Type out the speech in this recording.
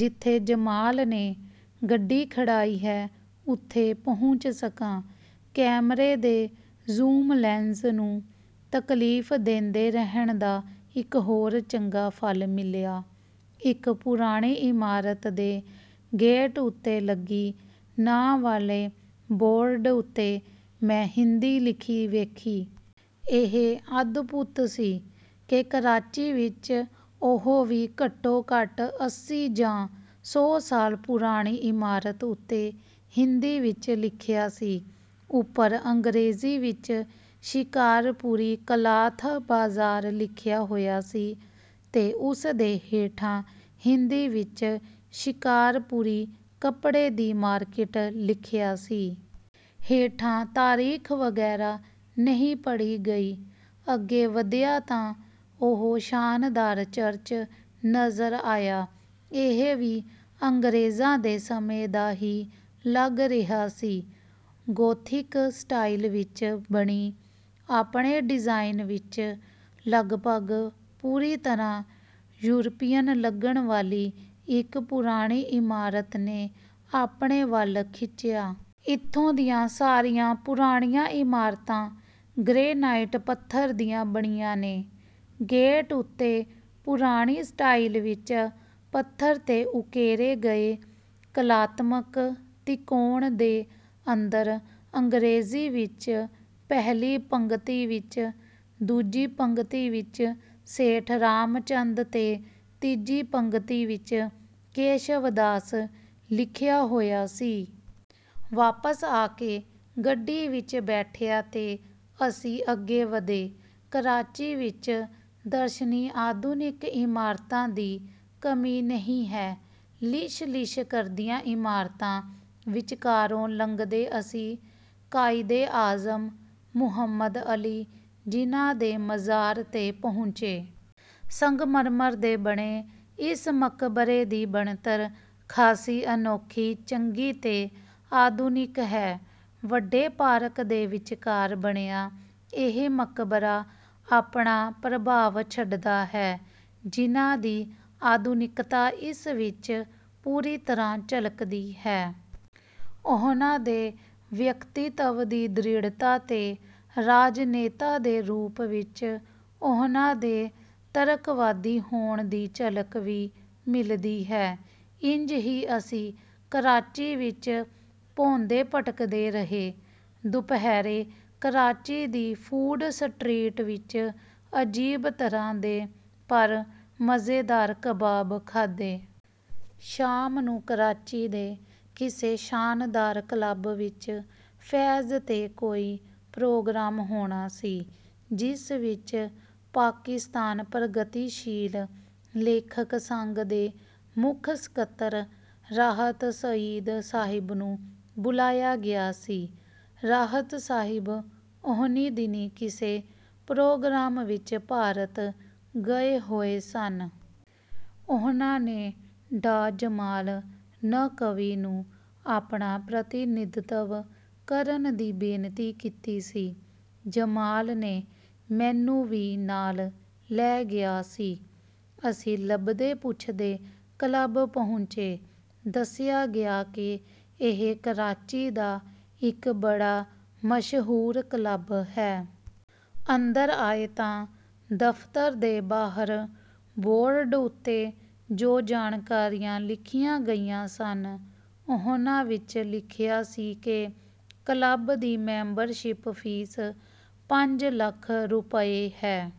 ਜਿੱਥੇ ਜਮਾਲ ਨੇ ਗੱਡੀ ਖੜ੍ਹਾਈ ਹੈ, ਉੱਥੇ ਪਹੁੰਚ ਸਕਾਂ। ਕੈਮਰੇ ਦੇ ਜ਼ੂਮ ਲੈਂਸ ਨੂੰ ਤਕਲੀਫ਼ ਦੇਂਦੇ ਰਹਿਣ ਦਾ ਇੱਕ ਹੋਰ ਚੰਗਾ ਫਲ ਮਿਲਿਆ। ਇੱਕ ਪੁਰਾਣੀ ਇਮਾਰਤ ਦੇ ਗੇਟ ਉੱਤੇ ਲੱਗੀ ਨਾਂ ਵਾਲੇ ਬੋਰਡ ਉੱਤੇ ਮੈਂ ਹਿੰਦੀ ਲਿਖੀ ਵੇਖੀ। ਇਹ ਅਦਭੁਤ ਸੀ ਕਿ ਕਰਾਚੀ ਵਿੱਚ, ਉਹ ਵੀ ਘੱਟੋ-ਘੱਟ ਅੱਸੀ ਜਾਂ ਸੌ ਸਾਲ ਪੁਰਾਣੀ ਇਮਾਰਤ ਉੱਤੇ, ਹਿੰਦੀ ਵਿੱਚ ਲਿਖਿਆ ਸੀ। ਉੱਪਰ ਅੰਗਰੇਜ਼ੀ ਵਿੱਚ 'ਸ਼ਿਕਾਰਪੁਰੀ ਕਲਾਥ ਬਾਜ਼ਾਰ' ਲਿਖਿਆ ਹੋਇਆ ਸੀ ਤੇ ਉਸਦੇ ਹੇਠਾਂ ਹਿੰਦੀ ਵਿੱਚ 'ਸ਼ਿਕਾਰਪੁਰੀ ਕੱਪੜੇ ਦੀ ਮਾਰਕੀਟ' ਲਿਖਿਆ ਸੀ। ਹੇਠਾਂ ਤਾਰੀਖ਼ ਵਗ਼ੈਰਾ ਨਹੀਂ ਪੜ੍ਹੀ ਗਈ। ਅੱਗੇ ਵਧਿਆ ਤਾਂ ਉਹ ਸ਼ਾਨਦਾਰ ਚਰਚ ਨਜ਼ਰ ਆਇਆ। ਇਹ ਵੀ ਅੰਗਰੇਜ਼ਾਂ ਦੇ ਸਮੇਂ ਦਾ ਹੀ ਲੱਗ ਰਿਹਾ ਸੀ। ਗੋਥਿਕ ਸਟਾਈਲ ਵਿੱਚ ਬਣੀ, ਆਪਣੇ ਡਿਜ਼ਾਇਨ ਵਿੱਚ ਲਗਭਗ ਪੂਰੀ ਤਰ੍ਹਾਂ ਯੂਰਪੀਅਨ ਲੱਗਣ ਵਾਲੀ ਇੱਕ ਪੁਰਾਣੀ ਇਮਾਰਤ ਨੇ ਆਪਣੇ ਵੱਲ ਖਿੱਚਿਆ। ਇੱਥੋਂ ਦੀਆਂ ਸਾਰੀਆਂ ਪੁਰਾਣੀਆਂ ਇਮਾਰਤਾਂ ਗ੍ਰੇਨਾਈਟ ਪੱਥਰ ਦੀਆਂ ਬਣੀਆਂ ਨੇ। ਗੇਟ ਉੱਤੇ ਪੁਰਾਣੀ ਸਟਾਈਲ ਵਿੱਚ ਪੱਥਰ ਤੇ ਉਕੇਰੇ ਗਏ ਕਲਾਤਮਕ ਤ੍ਰਿਕੋਣ ਦੇ ਅੰਦਰ ਅੰਗਰੇਜ਼ੀ ਵਿੱਚ ਪਹਿਲੀ ਪੰਗਤੀ ਵਿੱਚ…, ਦੂਜੀ ਪੰਗਤੀ ਵਿੱਚ 'ਸੇਠ ਰਾਮਚੰਦ' ਤੇ ਤੀਜੀ ਪੰਗਤੀ ਵਿੱਚ 'ਕੇਸ਼ਵਦਾਸ' ਲਿਖਿਆ ਹੋਇਆ ਸੀ। ਵਾਪਸ ਆ ਕੇ ਗੱਡੀ ਵਿੱਚ ਬੈਠਿਆ ਤੇ ਅਸੀਂ ਅੱਗੇ ਵਧੇ। ਕਰਾਚੀ ਵਿੱਚ ਦਰਸ਼ਨੀ ਆਧੁਨਿਕ ਇਮਾਰਤਾਂ ਦੀ ਕਮੀ ਨਹੀਂ ਹੈ। ਲਿਸ਼ਲਿਸ਼ ਕਰਦੀਆਂ ਇਮਾਰਤਾਂ ਵਿਚਕਾਰੋਂ ਲੰਘਦੇ ਅਸੀਂ ਕਾਇਦੇ-ਆਜ਼ਮ ਮੁਹੰਮਦ ਅਲੀ ਜਿੱਨਾ ਦੇ ਮਜ਼ਾਰ 'ਤੇ ਪਹੁੰਚੇ। ਸੰਗਮਰਮਰ ਦੇ ਬਣੇ ਇਸ ਮਕਬਰੇ ਦੀ ਬਣਤਰ ਖਾਸੀ ਅਨੋਖੀ, ਚੰਗੀ ਤੇ ਆਧੁਨਿਕ ਹੈ। ਵੱਡੇ ਪਾਰਕ ਦੇ ਵਿਚਕਾਰ ਬਣਿਆ ਇਹ ਮਕਬਰਾ ਆਪਣਾ ਪ੍ਰਭਾਵ ਛੱਡਦਾ ਹੈ। ਜਿੱਨਾ ਦੀ 'ਆਧੁਨਿਕਤਾ' ਇਸ ਵਿੱਚ ਪੂਰੀ ਤਰ੍ਹਾਂ ਝਲਕਦੀ ਹੈ। ਉਹਨਾਂ ਦੇ ਵਿਅਕਤੀਤਵ ਦੀ ਦ੍ਰਿੜ੍ਹਤਾ ਤੇ ਰਾਜਨੇਤਾ ਦੇ ਰੂਪ ਵਿੱਚ ਉਹਨਾਂ ਦੇ ਤਰਕਵਾਦੀ ਹੋਣ ਦੀ ਝਲਕ ਵੀ ਮਿਲਦੀ ਹੈ। ਇੰਜ ਹੀ ਅਸੀਂ ਕਰਾਚੀ ਵਿੱਚ ਭੌਂਦੇ-ਭਟਕਦੇ ਰਹੇ। ਦੁਪਹਿਰੇ ਕਰਾਚੀ ਦੀ ਫੂਡ ਸਟਰੀਟ ਵਿੱਚ ਅਜੀਬ ਤਰ੍ਹਾਂ ਦੇ, ਪਰ ਮਜ਼ੇਦਾਰ, ਕਬਾਬ ਖਾਧੇ। ਸ਼ਾਮ ਨੂੰ ਕਰਾਚੀ ਦੇ ਕਿਸੇ ਸ਼ਾਨਦਾਰ ਕਲੱਬ ਵਿੱਚ 'ਫ਼ੈਜ਼' 'ਤੇ ਕੋਈ ਪ੍ਰੋਗਰਾਮ ਹੋਣਾ ਸੀ, ਜਿਸ ਵਿੱਚ ਪਾਕਿਸਤਾਨ ਪ੍ਰਗਤੀਸ਼ੀਲ ਲੇਖਕ ਸੰਘ ਦੇ ਮੁੱਖ ਸਕੱਤਰ ਰਾਹਤ ਸਈਦ ਸਾਹਿਬ ਨੂੰ ਬੁਲਾਇਆ ਗਿਆ ਸੀ। ਰਾਹਤ ਸਾਹਿਬ ਉਹਨੀਂ ਦਿਨੀਂ ਕਿਸੇ ਪ੍ਰੋਗਰਾਮ ਵਿੱਚ ਭਾਰਤ ਗਏ ਹੋਏ ਸਨ। ਉਹਨਾਂ ਨੇ ਡਾ. ਜਮਾਲ ਨਕਵੀ ਨੂੰ ਆਪਣਾ ਪ੍ਰਤੀਨਿਧਤਵ ਕਰਨ ਦੀ ਬੇਨਤੀ ਕੀਤੀ ਸੀ। ਜਮਾਲ ਨੇ ਮੈਨੂੰ ਵੀ ਨਾਲ ਲੈ ਲਿਆ ਸੀ। ਅਸੀਂ ਲੱਭਦੇ-ਪੁੱਛਦੇ ਕਲੱਬ ਪਹੁੰਚੇ। ਦੱਸਿਆ ਗਿਆ ਕਿ ਇਹ ਕਰਾਚੀ ਦਾ ਇੱਕ ਬੜਾ ਮਸ਼ਹੂਰ ਕਲੱਬ ਹੈ। ਅੰਦਰ ਆਏ ਤਾਂ ਦਫ਼ਤਰ ਦੇ ਬਾਹਰ ਬੋਰਡ ਉੱਤੇ ਜੋ ਜਾਣਕਾਰੀਆਂ ਲਿਖੀਆਂ ਗਈਆਂ ਸਨ, ਉਹਨਾਂ ਵਿੱਚ ਲਿਖਿਆ ਸੀ ਕਿ ਕਲੱਬ ਦੀ ਮੈਂਬਰਸ਼ਿੱਪ ਫ਼ੀਸ ਪੰਜ ਲੱਖ ਰੁਪਏ ਹੈ।